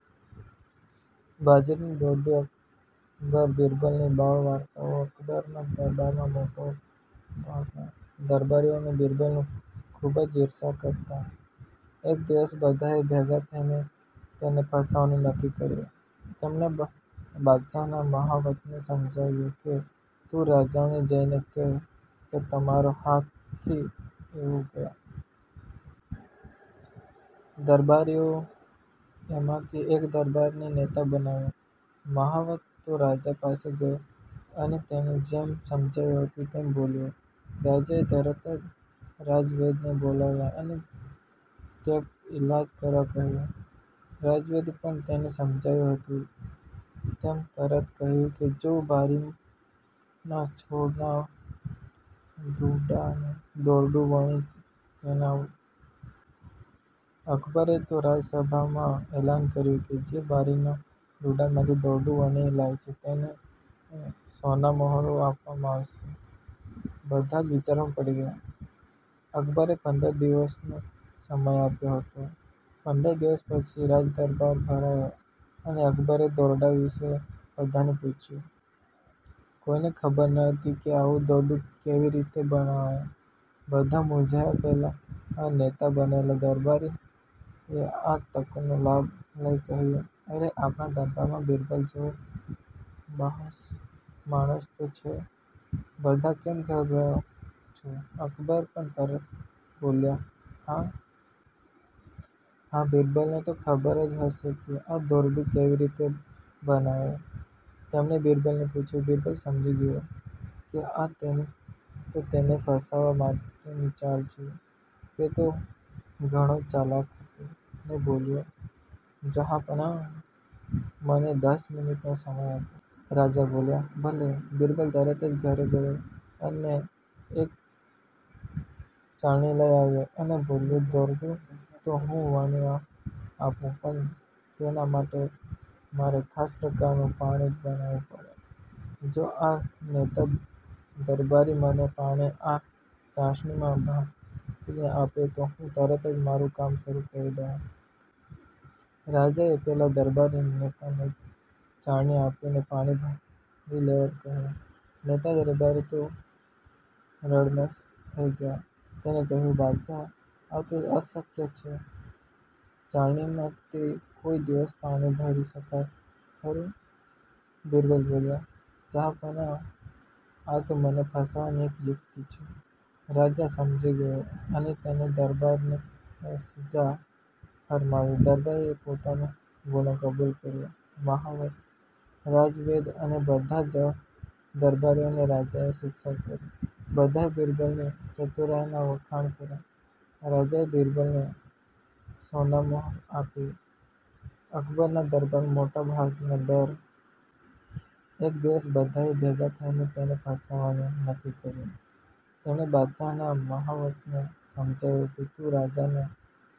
બાજરીનું દોરડું અકબર બિરબલની બાળ વાર્તાઓ અકબરના દરબારમાં મોટા ભાગના દરબારીઓ બિરબલની ખૂબ જ ઇર્ષા કરતા. એક દિવસ બધાએ ભેગા થઈને તેને ફસાવવાનું નક્કી કર્યું. તેમણે બાદશાહના મહાવતને સમજાવ્યો કે તું રાજાને જઈને કહે કે તમારો હાથી એવો ગાંડો થયો છે કે કોઈના કાબૂમાં નથી તેમણે રાજવૈદને પણ આ કાવતરામાં સામેલ કરી દીધા. દરબારીઓમાંથી એક દરબારીને નેતા બનાવ્યો. મહાવત તો રાજા પાસે ગયો અને તેને જેમ સમજાવ્યું હતું તેમે બોલ્યો. રાજાએ તરત રાજવૈદને બોલાવ્યા અને તેંપ ઇલાજ કરવા કહ્યું. રાજવૈદે પણ તેને સમ્જાવ્યું હતું તેમ તરત કહ્યું કે જો બાજરીના છોડના ડૂંડાનું દોરડું વણી તેના વડે જો હાથીને બાંધીએ તો જ તે કાબૂમાં આવશે. અકબરે તો રાજસભામાં એલાન કર્યું કે જે બાજરીના ડૂંડામાંથી દોરડું વણી લાવશે તેને સોનામહોરો આપવામાં આવશે. બધા જ વિચારમાં પડી ગયા. અકબરે પંદર દિવસનો સમય આપ્યો હતો. પંદર દિવસ પછી રાજદરબાર ભરાયો અને અકબરે દોરડા વિષે બધાને પૂછ્યું પણ બધા જ નીચું માથું કરી બેસી રહ્યા. કોઈને ખબર ન હતી કે આવું દોરડું કેવી રીતે બનાવાય. બધા મૂંઝાયા. પેલા નેતા બનેલા દરબારીએ આ તકનો લાભ લઈ કહ્યું અરે આપણા દરબારમાં બિરબલ જેવા બાહોશ માણસ તો છે. બધા કેમે ગભરાઓ છો અકબર પણ તરત બોલ્યા હા.. હા.. બિરબલને તો ખબર જ હશે કે આ દોરડું કેવી રીતે બનાવાય તેમણે બિરબલને પૂછ્યું બિરબલ સમજી ગયો કે આ તો તેને ફસાવવા માટેની ચાલ છે. તે તો ઘણો જ ચાલક હતો તે બોલ્યો જહાંપનાહ મને દસ મિનિટનો સમય આપો. રાજા બોલ્યા ભલે.. બિરબલ તરત જ ઘેર ગયો અને એક ચાળણી લઈ આવ્યો અને બોલ્યો દોરડું તો હું વણી આપું પણ તેના માટે મારે ખાસ પ્રકારનું પાણી બનાવવું પડે જો આ નેતા દરબારી મને પાણી આ ચાળણીમાં ભરીને આપે તો હું તરત જ મારું કામ શરૂ કરી દઉં. રાજાએ પેલા દરબારી નેતાને ચાળણી આપી અને પાણી ભરી લાવવા કહ્યું. નેતા દરબારી તો રડમસ થઈ ગયા. તેમણે કહ્યું બાદશાહ આ તો અશક્ય જ છે. ચાળણીમાં તે કોઈ દિવસ પાણી ભરી શકાય ખરું બિરબલ બોલ્યો જહાંપનાહ આતો મને ફસાવવાની એક યુક્તિ છે. રાજા સમજી ગયો તેણે દરબારીને સજા ફરમાવી. દરબારીએ પોતાનો ગુને કબૂલ કર્યો. મહાવત રાજવૈદ અને બધા જ દરબારીઓને રાજાએ શિક્ષા કરી. બધાએ બિરબલની ચતુરાઈનાં વખાણ કર્યા. રાજાએ બિરબલને સોનામહોરો આપી. અકબરના દરબારમાં મોટા ભાગના દરબારીઓ બિરબલની ખૂબ જ ઇર્ષા કરતા. એક દિવસ બધાએ ભેગા થઈને તેને ફસાવવાનું નક્કી કર્યું. તેમણે બાદશાહના મહાવતને સમજાવ્યો કે તું રાજાને